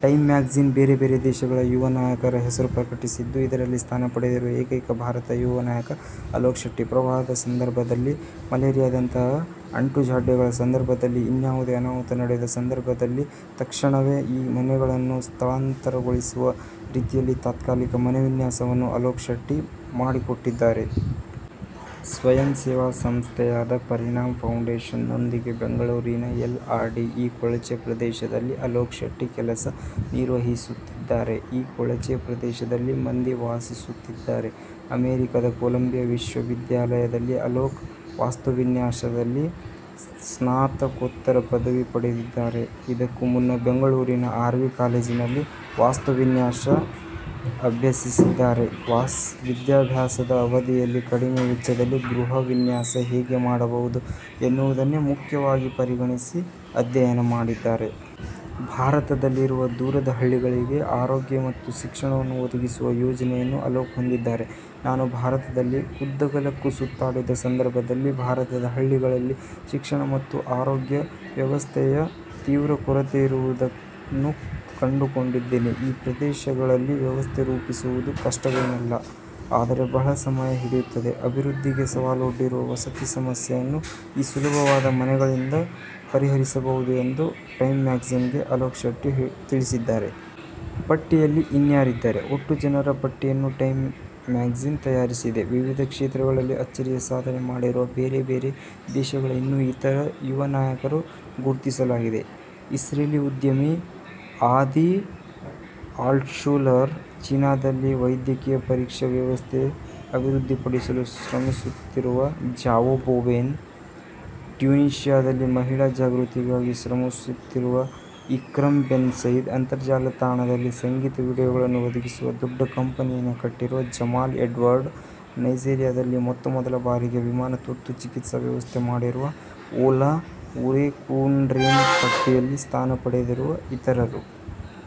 ''''Time'' magazine ಬೇರೆಬೇರೆ ದೇಶಗಳ ಯುವನಾಯಕರ ಹೆಸರು ಪ್ರಕಟಿಸಿದ್ದು, ಇದರಲ್ಲಿ ಸ್ಥಾನಪಡೆದಿರುವ ಏಕೈಕ ಭಾರತೀಯ ಯುವ ನಾಯಕ ಅಲೋಕ್ ಶೆಟ್ಟಿ. ಪ್ರವಾಹದ ಸಂದರ್ಭದಲ್ಲಿ, ಮಲೇರಿಯಾದಂತಹ ಅಂಟುಜಾಡ್ಯಗಳ ಸಂದರ್ಭದಲ್ಲಿ, ಇನ್ಯಾವುದೇ ಅನಾಹುತ ನಡೆದ ಸಂದರ್ಭದಲ್ಲಿ ತಕ್ಷಣವೇ ಈ ಮನೆಗಳನ್ನು ಸ್ಥಳಾಂತರಗೊಳಿಸುವ ರೀತಿಯಲ್ಲಿ ತಾತ್ಕಾಲಿಕ ಮನೆ ವಿನ್ಯಾಸವನ್ನು ಅಲೋಕ್ ಶೆಟ್ಟಿ ಮಾಡಿಕೊಟ್ಟಿದ್ದಾರೆ. ಸ್ವಯಂಸೇವಾ ಸಂಸ್ಥೆಯಾದ ''''ಪರಿಣಾಮ್ ಫೌಂಡೇಶನ್''ನೊಂದಿಗೆ ಬೆಂಗಳೂರಿನ ಎಲ್ಆರ್ಡಿಇ ಕೊಳಚೆ ಪ್ರದೇಶದಲ್ಲಿ ಅಲೋಕ್ ಶೆಟ್ಟಿ ಕೆಲಸ ನಿರ್ವಹಿಸುತ್ತಿದ್ದಾರೆ. ಈ ಕೊಳಚೆ ಪ್ರದೇಶದಲ್ಲಿ ಮಂದಿ ವಾಸಿಸುತ್ತಿದ್ದಾರೆ. ಅಮೆರಿಕದ ಕೊಲಂಬಿಯಾ ವಿಶ್ವವಿದ್ಯಾಲಯದಲ್ಲಿ ಅಲೋಕ್ ವಾಸ್ತುವಿನ್ಯಾಸದಲ್ಲಿ ಸ್ನಾತಕೋತ್ತರ ಪದವಿ ಪಡೆದಿದ್ದಾರೆ. ಇದಕ್ಕೂ ಮುನ್ನ ಬೆಂಗಳೂರಿನ ಆರ್ವಿ ಕಾಲೇಜಿನಲ್ಲಿ ವಾಸ್ತುವಿನ್ಯಾಸ ಅಭ್ಯಸಿಸಿದ್ದಾರೆ. ವಿದ್ಯಾಭ್ಯಾಸದ ಅವಧಿಯಲ್ಲಿ ಕಡಿಮೆ ವೆಚ್ಚದಲ್ಲಿ ಗೃಹವಿನ್ಯಾಸ ಹೇಗೆ ಮಾಡಬಹುದು ಎನ್ನುವುದನ್ನೇ ಮುಖ್ಯವಾಗಿ ಪರಿಗಣಿಸಿ ಅಧ್ಯಯನ ಮಾಡಿದ್ದಾರೆ. ಭಾರತದಲ್ಲಿರುವ ದೂರದ ಹಳ್ಳಿಗಳಿಗೆ ಆರೋಗ್ಯ ಮತ್ತು ಶಿಕ್ಷಣವನ್ನು ಒದಗಿಸುವ ಯೋಜನೆಯನ್ನು ಅಲೋಕ್ ಹೊಂದಿದ್ದಾರೆ. ''''ನಾನು ಭಾರತದಲ್ಲಿ ಉದ್ದಗಲಕ್ಕೂ ಸುತ್ತಾಡಿದ ಸಂದರ್ಭದಲ್ಲಿ ಭಾರತದ ಹಳ್ಳಿಗಳಲ್ಲಿ ಶಿಕ್ಷಣ ಮತ್ತು ಆರೋಗ್ಯವ್ಯವಸ್ಥೆಯ ತೀವ್ರ ಕೊರತೆಯಿರುವುದನ್ನು ಕಂಡುಕೊಂಡಿದ್ದೇನೆ. ಈ ಪ್ರದೇಶಗಳಲ್ಲಿ ವ್ಯವಸ್ಥೆ ರೂಪಿಸುವುದು ಕಷ್ಟವೇನಲ್ಲ, ಆದರೆ ಬಹಳ ಸಮಯ ಹಿಡಿಯುತ್ತದೆ. ಅಭಿವೃದ್ಧಿಗೆ ಸವಾಲೊಡ್ಡಿರುವ ವಸತಿ ಸಮಸ್ಯೆಯನ್ನು ಈ ಸುಲಭವಾದ ಮನೆಗಳಿಂದ ಪರಿಹರಿಸಬಹುದು'' ಎಂದು ಟೈಮ್ ಮ್ಯಾಗಜಿನ್ಗೆ ಅಲೋಕ್ ಶೆಟ್ಟಿ ತಿಳಿಸಿದ್ದಾರೆ. ಪಟ್ಟಿಯಲ್ಲಿ ಇನ್ಯಾರಿದ್ದಾರೆ?: ಒಟ್ಟು ಜನರ ಪಟ್ಟಿಯನ್ನು ಟೈಮ್ ಮ್ಯಾಗಜಿನ್ ತಯಾರಿಸಿದೆ. ವಿವಿಧ ಕ್ಷೇತ್ರಗಳಲ್ಲಿ ಅಚ್ಚರಿಯ ಸಾಧನೆ ಮಾಡಿರುವ ಬೇರೆ ಬೇರೆ ದೇಶಗಳ ಇನ್ನೂ ಇತರ ಯುವನಾಯಕರು ಗುರ್ತಿಸಲಾಗಿದೆ. ಇಸ್ರೇಲಿ ಉದ್ಯಮಿ ಆದಿ ಆಲ್ಟ್ಶೂಲರ್, ಚೀನಾದಲ್ಲಿ ವೈದ್ಯಕೀಯ ಪರೀಕ್ಷೆ ವ್ಯವಸ್ಥೆ ಅಭಿವೃದ್ಧಿಪಡಿಸಲು ಶ್ರಮಿಸುತ್ತಿರುವ ಜಾವೋ ಬೊವೆನ್, ಟ್ಯುನೀಷಿಯಾದಲ್ಲಿ ಮಹಿಳಾ ಜಾಗೃತಿಗಾಗಿ ಶ್ರಮಿಸುತ್ತಿರುವ ಇಕ್ರಮ್ ಬೆನ್ ಸೈದ್, ಅಂತರ್ಜಾಲ ತಾಣದಲ್ಲಿ ಸಂಗೀತ ವೀಡಿಯೋಗಳನ್ನು ಒದಗಿಸುವ ದೊಡ್ಡ ಕಂಪನಿಯನ್ನೇ ಕಟ್ಟಿರುವ ಜಮಾಲ್ ಎಡ್ವರ್ಡ್ಸ್, ನೈಜೀರಿಯಾದಲ್ಲಿ ಮೊತ್ತಮೊದಲ ಬಾರಿಗೆ ವಿಮಾನ ತುರ್ತು ಚಿಕಿತ್ಸಾ ವ್ಯವಸ್ಥೆ ಮಾಡಿರುವ ಓಲಾ ಒರೆಕುನ್ರಿನ್ ಪಟ್ಟಿಯಲ್ಲಿ ಸ್ಥಾನಪಡೆದಿರುವ ಇತರರು.